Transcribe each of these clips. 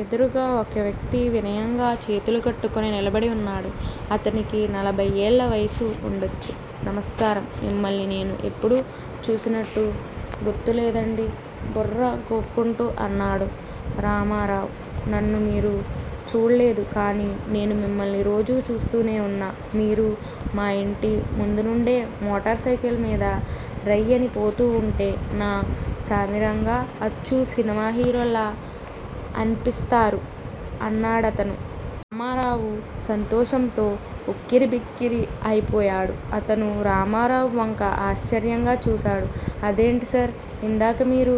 ఎదురుగా ఒక వ్యక్తి వినయంగా చేతులు కట్టుకుని నిలబడి ఉన్నాడు. అతనికి నలభై ఏళ్ల వయసు ఉండొచ్చు. నమస్కారం! మిమ్మల్ని నేను ఎప్పుడూ చూసినట్టు గుర్తులేదండీ బుర్ర గోక్కుంటూ అన్నాడు రామారావు. నన్ను మీరు చూళ్ళేదు కానీ నేను మిమ్మల్ని రోజూ చూస్తూనే ఉన్నా మీరు మాయింటి ముందునుండే మోటార్ సైకిల్ మీద రయ్యిన పోతూ ఉంటే నా సామిరంగా అచ్చు సినిమా హీరోలా అన్పిస్తారు అన్నాడతను. రామారావు సంతోషంతో ఉక్కిరిబిక్కిరి అయిపోయాడు. అతను రామారావు వంక ఆశ్చర్యంగా చూశాడు. అదేంటి సార్ ఇందాక మీరు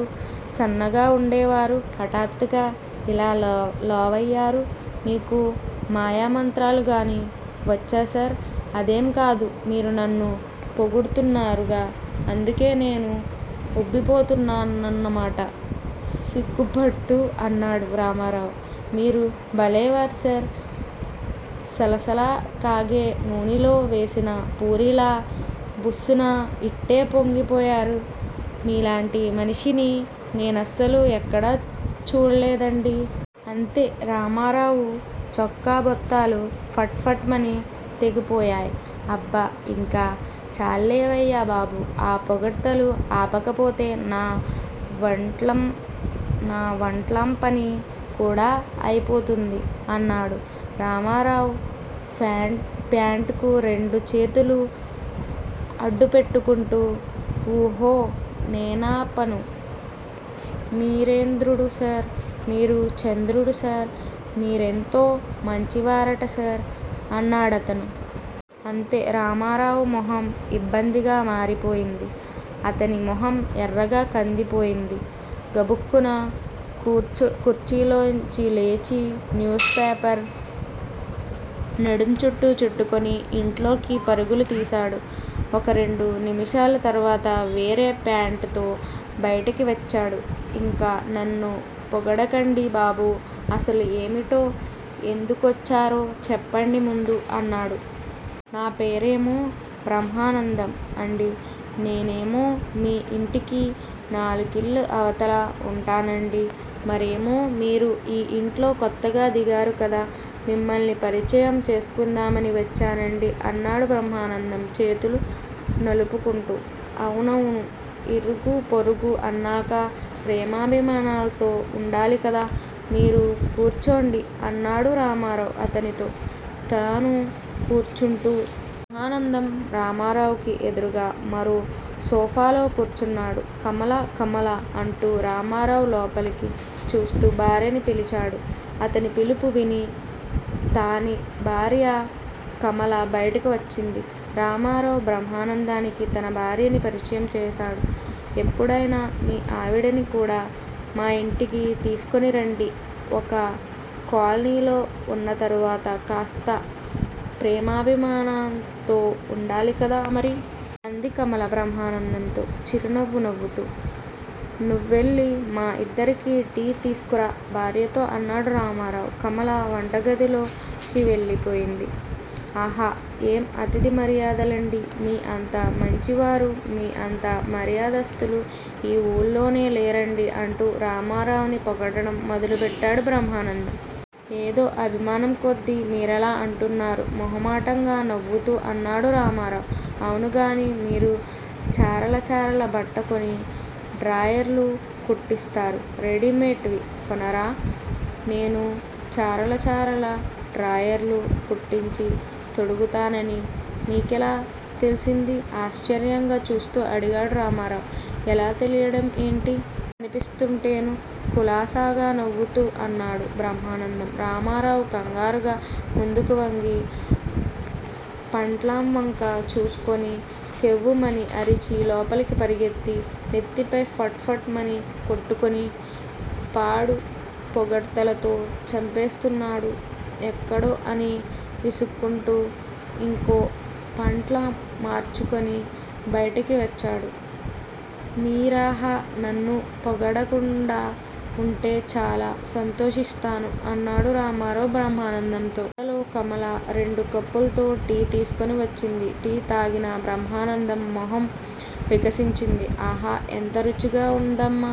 సన్నగా ఉండేవారు హఠాత్తుగా ఇలా లావుఅయ్యారు? మీకు మాయమంత్రాలు గానీ వచ్చాసార్? అదేంకాదు మీరు నన్ను పొగుడ్తున్నరుగా అందుకే నేను ఉబ్బిపోతున్నానన్నమాట! సిగ్గుపద్తూ అన్నాడు రామారావు. మీరు భలేవారు సార్ సలసలా కాగే నూనెలో వేసిన పూరీలా బుస్సున ఇట్టే పొంగిపోయారు మీలాంటి మనిషిని నేనస్సలు ఎక్కడా చూళ్ళేదండీ. అంతే రామారావు చొక్కా బొత్తాలు ఫట్ ఫట్ మని తెగిపోయాయ్. అబ్బ ఇంక చాల్లేవయ్యా బాబూ ఆ పొగడ్తలు ఆపకపోతే నా వంట్లాంపని కూడా అయిపోతుంది అన్నాడు రామారావు ప్యాంటుకి రెండుచేతులూ అడ్డుపెట్టుకుంటూ. ఊహో నేనాపను మేరింద్రుడు సార్ మీరు చంద్రుడు సార్ మీరెంతో మంచివారట సార్ అన్నాడతను. అంతే రామారావు మొహం ఇబ్బందిగా మారిపోయింది. అతని మొహం ఎర్రగా కందిపోయింది. గబుక్కున కుర్చీలోంచి లేచి న్యూస్ పేపరు నడుంచుట్టు చుట్టుకుని ఇంట్లోకి పరుగు తీశాడు. ఒక రెండు నిముషాల తర్వాత వేరే ఫ్యాంటుతో బయటికి వచ్చాడు. ఇంక నన్ను పొగడకండి బాబూ అసలు ఏమిటో ఎందుకొచ్చారో చెప్పండి ముందు అన్నాడు. నా పేరేమో బ్రహ్మానందం అండీ నేనేమో మీ యింటికి నాలుగిళ్ళ అవతల ఉంటానండీ మరేమో మీరు ఈ యింట్లో కొత్తగా దిగారు కదా మిమ్మల్ని పరిచయం చేస్కుందామని వచ్చానండీ అన్నాడు బ్రహ్మానందం చేతులు నలుపుకుంటూ. అవునవును ఇరుగూ పొరుగూ అన్నాక ప్రేమాభిమానాల్తో ఉండాలి కదా! మీరు కూర్చోండి అన్నాడు రామారావు అతనితో తనూ కూర్చుంటూ. బ్రహ్మానందం రామారావుకి ఎదురుగా మరో సోఫాలో కూర్చున్నాడు. కమలా కమలా అంటూ రామారావు లోపలికి చూస్తూ భార్యని పిలిచాడు. అతని పిలుపు విని తాని భార్య కమల బయటికి వచ్చింది. రామారావు బ్రహ్మానందానికి తన భార్యని పరిచయం చేశాడు. ఎప్పుడైనా మీ ఆవిడని కూడా మాయింటికి తీస్కుని రండి ఒక కాలనీలో ఉన్నతర్వత కాస్త ప్రేమాభిమానాల్తో ఉండాలి కదా మరి? అంది కమల బ్రహ్మానందంతో చిరునవ్వు నవ్వుతూ. నువ్వెళ్లి మా యిద్దరికీ టీ తీస్కురా భార్యతో అన్నాడు రామారావు. కమల వంటగదిలోకి వెళ్లిపోయింది. ఆహా ఏం అతిధి మర్యాదలాండీ మీ అంత మంచివారూ మీ అంత మర్యాదస్తులూ ఈ ఊళ్లోనే లేరండీ అంటూ రామారావుని పొగడడం మొదలుబెట్టాడు బ్రహ్మానందం. ఏదో అభిమానంకొద్దీ మీరలా అంటున్నారు మొహమాటంగా నవ్వుతూ అన్నాడు రామారావు. అవును గానీ మీరు చారల చారల బట్ట కొని డ్రాయర్లు కుట్టిస్తారు? రెడీమేడ్ వి కొనరా? ' నేను చారలచారల డ్రాయర్లు కుట్టించి తొడుగుతానని మీకెలా తెల్సింది? ఆశ్చర్యంగా చూస్తూ అడిగాడు రామారావు. ఎలా తెలియడం ఏంటి? కనిపిస్తుంటేనూ? కులాసాగా నవ్వుతూ అన్నాడు బ్రహ్మానందం. రామారావు కంగారుగా ముందుకు వంగి పంట్లాంవంక చూస్కుని కెవ్వుమని అరిచి లోపలికి పరిగెత్తి నెత్తిపై ఫట్ ఫట్ మని కొట్టుకుని పాడు పొగడ్తలతో చంపేస్తున్నాడు ఎక్కడో అని విసుక్కుంటూ ఇంకో పంట్లాం మార్చుకుని బయటికి వచ్చాడు. మీరిహ నన్ను పొగడకుండా ఉంటే చాలా సంతోషిస్తాను అన్నాడు రామారావు బ్రహ్మానందంతో. అంతలో కమల రెండు కప్పుల్తో టీ తీస్కుని వచ్చింది. టీ తాగిన బ్రహ్మానందం మొహం వికసించింది. ఆహా ఎంత రుచిగా ఉందమ్మా